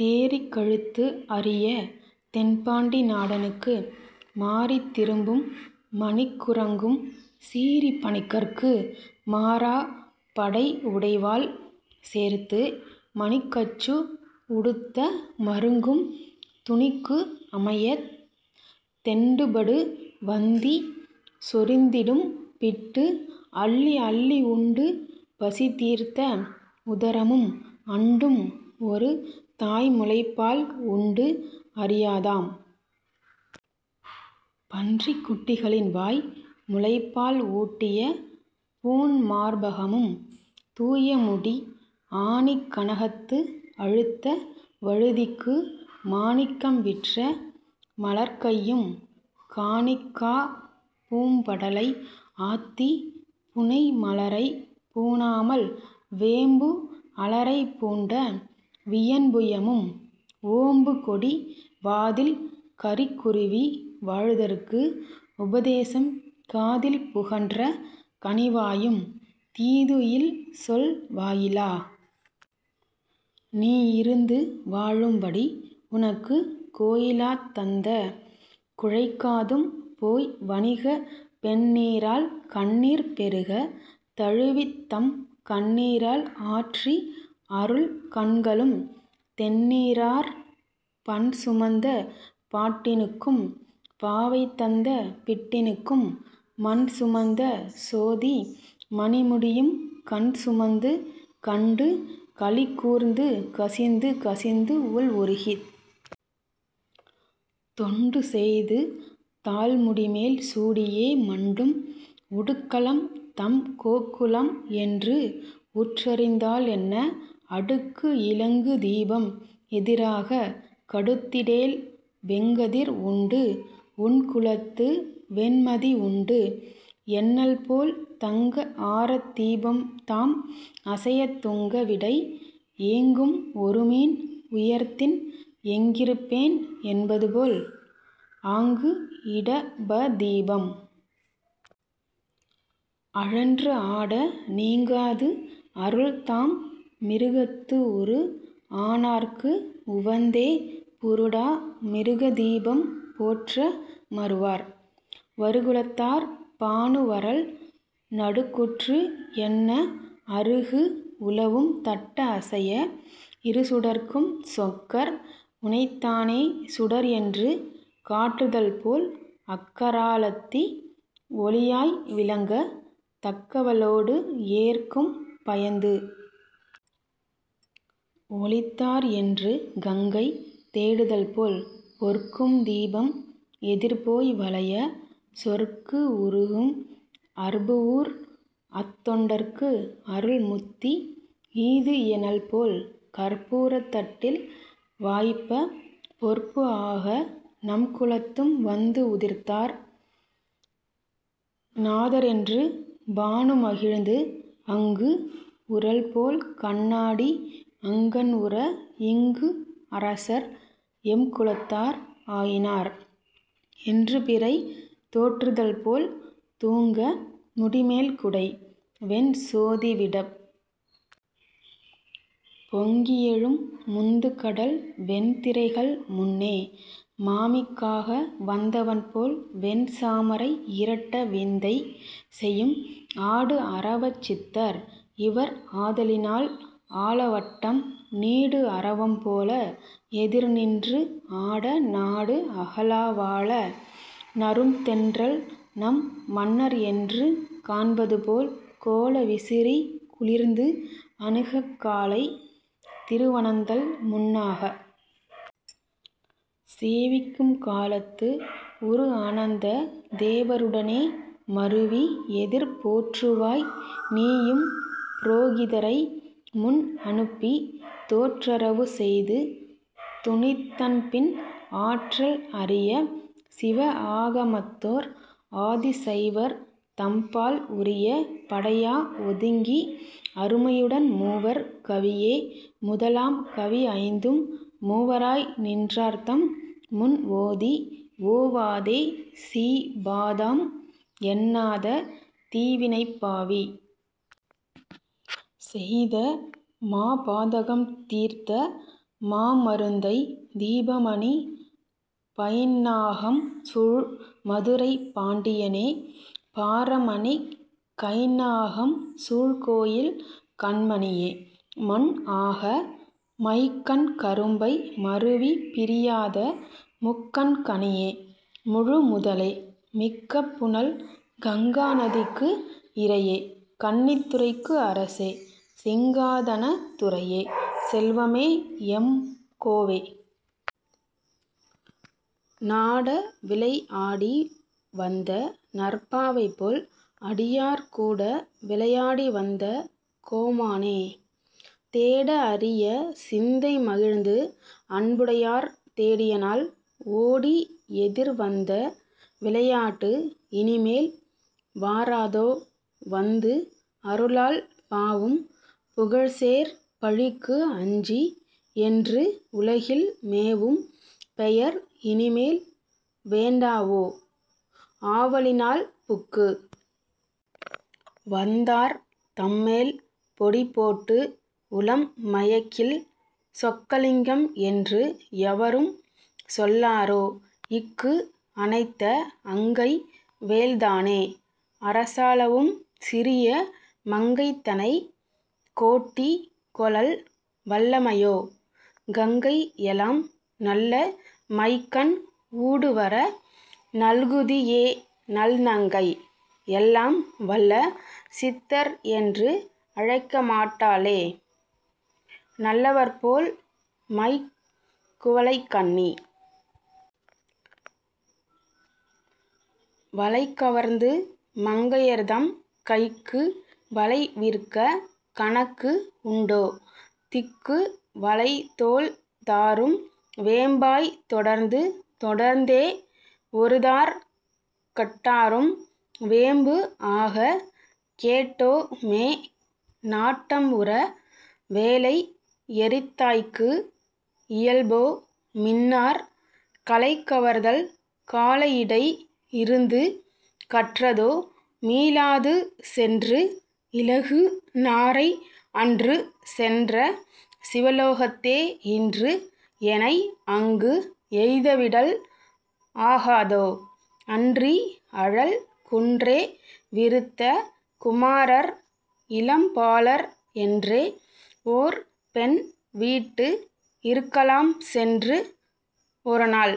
தேறிக் கழுத்து அரியத் தென்பாண்டி நாடனுக்கு மாறித் திரும்பும் மணிக் குறங்கும் சீறிப் பணிக்கற்கு மாறாப் படைஉடைவாள் சேர்த்து மணிக்கச்சு உடுத்த மருங்கும் துணிக்கு அமையத் தொண்டுபடு வந்தி சொரிந்திடும் பிட்டு அள்ளிஅள்ளி உண்டு பசிதீர்த்த உதரமும் அண்டும் ஒரு தாய்முலைப்பால் உண்டு அறியாத் தாம் பன்றிக்குட்டிகளின் வாய் முலைப்பால் ஊட்டிய பூண்மார்பகமும் தூயமுடி ஆணிக் கனகத்து அழுத்த வழுதிக்கு மாணிக்கம் விற்ற மலர்க்கையும் காணிக்காப் பூம்படலை ஆத்திப் புனைமலரைப் பூணாமல் வேம்பு அலரைப் பூண்ட வியன்புயமும் ஓம்புகொடி வாதில் கரிக்குருவி வாழ்தற்கு உபதேசம் காதில் புகன்ற கனிவாயும் தீதுஇல் சொல் வாயிலா நீ இருந்து வாழும்படி உனக்குக் கோயிலாத் தந்த குழைக்காதும் போய் வணிகப் பெண்நீராள் கண்ணீர் பெருகத் தழுவித் தம் கண்ணீரால் ஆற்றி அருள் கண்களும் தெண்ணீரார் பண்சுமந்த பாட்டினுக்கும் பாவைதந்த பிட்டினுக்கும் மண்சுமந்த சோதி மணிமுடியும் கண் சுமந்து கண்டு களிகூர்ந்து கசிந்து கசிந்து உள்உருகித் தொண்டு செய்து தாள்முடிமேல் சூடியே மண்டும் உடுக்கலம் தம்கோக்குலம் என்று உற்றறிந்தால்என்ன அடுக்கு இலங்கு தீபம் எதிராகக் கடுத்திடேல் வெங்கதிர் உண்டு உன்குலத்து வெண்மதிஉண்டு என்னல்போல் தங்க ஆரத் தீபம் தாம் அசையத் துங்க விடை ஏங்கும் ஒருமீன் உயர்த்தின் எங்கிருப்பேன் என்பதுபோல் ஆங்கு இடபதீபம் அழன்றுஆட நீங்காது அருள் தாம் மிருகத்துஉரு ஆனார்க்கு உவந்தே புருடா மிருகத் தீபம் போற்ற மருவார் வருகுலத்தார் பானு வரல் நடுக்குற்று என்ன அருகு உலவும் தட்ட அசைய இருசுடர்க்கும் சொக்கர் உனைத்தானே சுடர்என்று காட்டுதல்போல் அக்கரா லத்தி ஒளியாய் விளங்கத் தக்கவளோடு எற்கும் பயந்து ஒளித்தார் என்று கங்கை தேடுதல்போல் பொற்கும்தீபம் எதிர்போய் வளையச் சொற்குஉருகும் அற்புஊர் அத்தொண்டர்க்கு அருள்முத்தி ஈதுஎனல்போல் கற்பூரத் தட்டில் வாய்ப்பப் பொற்புஆக நம்குலத்தும் வந்துஉதித்தார் நாதர்என்று பானுமகிழ்ந்து அங்கு உறல்போல் கண்ணாடி அங்கண்உற இங்குஅரசர் எம்குலத்தார் ஆயினார் என்றுபிறை தோற்றுதல்போல் துங்க முடிமேல் குடை வெண்சோதிவிடப் பொங்கிஎழும் முந்துகடல் வெண்திரைகள் முன்னே மாமிக்காக வந்தவன்போல் வெண்சாமரை இரட்ட விந்தை செயும் ஆடுஅரவச் சித்தர் இவர் ஆதலினால் ஆலவட்டம் நீடுஅரவம் போல எதிர்நின்று ஆட நாடு அகலா வால நறும்தென்றல் நம் மன்னர்என்று காண்பதுபோல் கோல விசிறி குளிர்ந்து அணுகக் காலைத் திருவனந்தல் முன்னாகச் சேவிக்கும் காலத்து உருஅனந்த தேவருடனே மருவி எதிர் போற்றுவாய் நீயும் புரோகிதரை முன்அனுப்பித் தோற்றரவு செய்து துதித்தன்பின் ஆற்றல் அரிய சிவஆகமத்தோர் ஆதிசைவர் தம்பால் உரிய படையா ஒதுங்கி அருமையுடன் மூவர் கவியே முதலாம் கவிஐந்தும் மூவராய் நின்றார்தம் முன்ஓதி ஓவாதே சீபாதம் எண்ணாத தீவினைப்பாவி செய்த மாபாதகம் தீர்த்த மாமருந்தைத் தீபமணிப் பைந்நாகம் சூழ் மதுரைப் பாண்டியனே பாரமணிக் கைந்நாகம் சூழ்கோயில் கண்மணியே மன்ஆக மைக்கண் கரும்பை மருவிப் பிரியாத முக்கண் கனியே முழு முதலே மிக்க புனல் கங்கா நதிக்கு இறையே கன்னித்துறைக்கு அரசே சிங்காதனத் துரையே செல்வமே எம்கோவே நாட விளைஆடி வந்த நற்பாவைபோல் அடியார் கூட விளையாடி வந்த கோமானே தேடஅரிய சிந்தை மகிழ்ந்து அன்புடையார் தேடியநாள் ஓடிஎதிர் வந்த விளையாட்டு இனிமேல் வாராதோ வந்து அருளால் பாவும் புகழ்சேர் பழிக்கு அஞ்சி என்று உலகில் மேவும் பெயர் இனிமேல் வேண்டாவோ ஆவலினால் புக்கு வந்தார் தம்மேல் பொடிபோட்டு உளம் மயக்கிள் சொக்கலிங்கம் என்று எவரும் சொல்லாரோ இக்கு அணைத்த அங்கை வேள்தானே அரசாளவும் சிறிய மங்கைதனைக் கோட்டி கொளல் வல்லமையோ கங்கை எலாம் நல்ல மைக்கண் ஊடுவர நல்குதியேநல்நங்கை எல்லாம் வல்ல சித்தர் என்று அழைக்கமாட்டாளே நல்லவர்போல் மைக் குவளைக்கண்ணி வளைகவர்ந்து மங்கையர்தம் கைக்கு வளை விற்கக் கனக்கு உண்டோ திக்கு வளை தோள் தாரும் வேம்பாய்த் தொடர்ந்து தொடர்ந்தே ஒருதார் கட்டாரும் வேம்பு ஆகக் கேட்டோ மே நாட்டம்உற வேளைஎரித்தாய்க்கு இயல்போ மின்னார் கலைகவர்தல் காளையிடை இருந்து கற்றதோ மீளாது சென்று இலகு நாரை அன்று சென்ற சிவலோகத்தே இன்று எனை அங்கு எய்தவிடல் ஆகாதோ அன்றி அழல் குன்றே விருத்த குமாரர் இளம்பாலர் என்றே ஓர் பெண் வீட்டு இருக்கலாம் சென்று ஒருநாள்।